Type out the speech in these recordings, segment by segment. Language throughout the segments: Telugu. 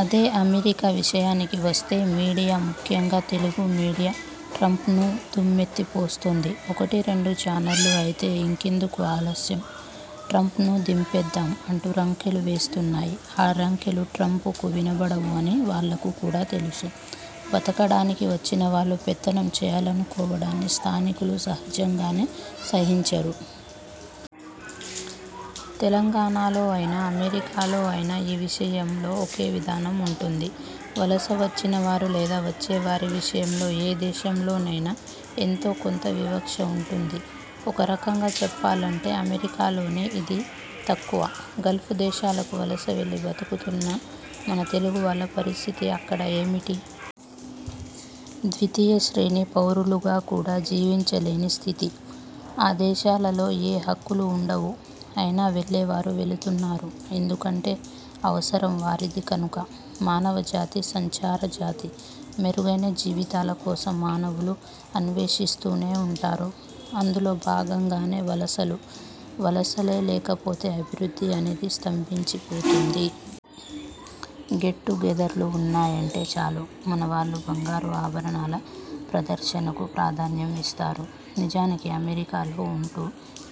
అదే అమెరికా విషయానికి వస్తే మీడియా, ముఖ్యంగా తెలుగు మీడియా ట్రంప్ను దుమ్మెత్తిపోస్తోంది. ఒకటి రెండు చానళ్లు అయితే 'ఇంకెందుకు ఆలస్యం- ట్రంప్ను దింపేద్దాం' అంటూ రంకెలు వేస్తున్నాయి. ఆ రంకెలు ట్రంప్కు వినపడవు అని వాళ్లకు కూడా తెలుసు. బతకడానికి వచ్చినవాళ్లు పెత్తనం చేయాలనుకోవడాన్ని స్థానికులు సహజంగానే సహించరు. తెలంగాణలో అయినా, అమెరికాలో అయినా ఈ విషయంలో ఒకే విధానం ఉంటుంది. వలస వచ్చినవారు, లేదా వచ్చేవారి విషయంలో ఏ దేశంలోనైనా ఎంతో కొంత వివక్ష ఉంటుంది. ఒక రకంగా చెప్పాలంటే అమెరికాలోనే ఇది తక్కువ. గల్ఫ్ దేశాలకు వలసవెళ్లి బతుకుతున్న మన తెలుగువాళ్ల పరిస్థితి అక్కడ ఏమిటి? ద్వితీయ శ్రేణి పౌరులుగా కూడా జీవించలేని స్థితి. ఆ దేశాలలో ఏ హక్కులూ ఉండవు. అయినా వెళ్లేవారు వెళుతున్నారు. ఎందుకంటే అవసరం వారిది కనుక! మానవ జాతి సంచార జాతి. మెరుగైన జీవితాల కోసం మానవులు అన్వేషిస్తూనే ఉంటారు. అందులో భాగంగానే వలసలు. వలసలే లేకపోతే అభివృద్ధి అనేది స్తంభించిపోతుంది. గెట్ టు గెదర్లు ఉన్నాయంటే చాలు మనవాళ్లు బంగారు ఆభరణాల ప్రదర్శనకు ప్రాధాన్యం ఇస్తారు. నిజానికి అమెరికాలో ఉంటూ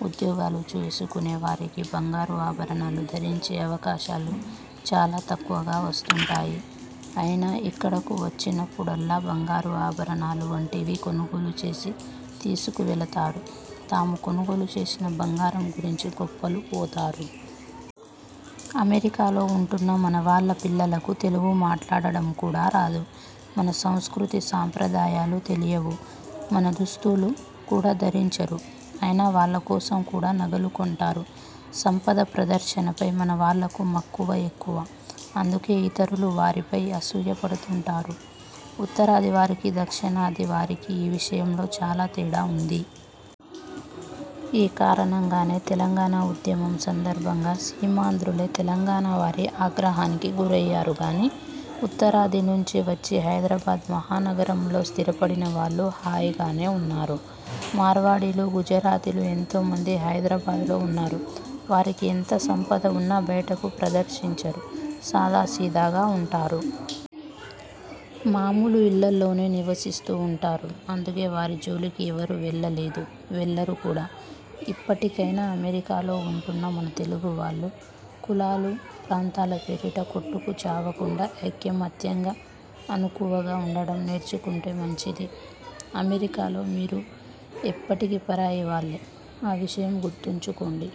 ఉద్యోగాలు చేసుకునేవారికి బంగారు ఆభరణాలు ధరించే అవకాశాలు చాలా తక్కువగా వస్తుంటాయి. అయినా ఇక్కడకు వచ్చినప్పుడల్లా బంగారు ఆభరణాలు వంటివి కొనుగోలు చేసి తీసుకువెళతారు. తాము కొనుగోలు చేసిన బంగారం గురించి గొప్పలు పోతారు. అమెరికాలో ఉంటున్న మనవాళ్ల పిల్లలకు తెలుగు మాట్లాడటం కూడా రాదు. మన సంస్కృతీ సంప్రదాయాలు తెలియవు. మన దుస్తులు। కూడా ధరించరు. అయినా వాళ్లకోసం కూడా నగలు కొంటారు. సంపద ప్రదర్శనపై మనవాళ్లకు మక్కువ ఎక్కువ. అందుకే ఇతరులు వారిపై అసూయపడుతుంటారు. ఉత్తరాది వారికి, దక్షిణాది వారికి ఈ విషయంలో చాలా తేడా ఉంది. ఈ కారణంగానే తెలంగాణ ఉద్యమం సందర్భంగా సీమాంధ్రులే తెలంగాణవారి ఆగ్రహానికి గురయ్యారు గానీ, ఉత్తరాది నుంచి వచ్చి హైదరాబాద్ మహా నగరంలో స్థిరపడినవాళ్లు హాయిగానే ఉన్నారు. మార్వాడీలు, గుజరాతీలు ఎంతో మంది హైదరాబాద్లో ఉన్నారు. వారికి ఎంత సంపద ఉన్నా బయటకు ప్రదర్శించరు. సాదాసీదాగా ఉంటారు. మామూలు ఇళ్లలోనే నివసిస్తూ ఉంటారు. అందుకే వారి జోలికి ఎవరూ వెళ్లలేదు. వెళ్లరు కూడా! ఇప్పటికైనా అమెరికాలో ఉంటున్న మన తెలుగువాళ్లు కులాలు, ప్రాంతాల పేరిట కొట్టుకు చావకుండా ఐకమత్యంగా, అణకువగా ఉండడం నేర్చుకుంటే మంచిది. అమెరికాలో మీరు ఎప్పటికీ పరాయివాళ్లే! ఆ విషయం గుర్తుంచుకోండి.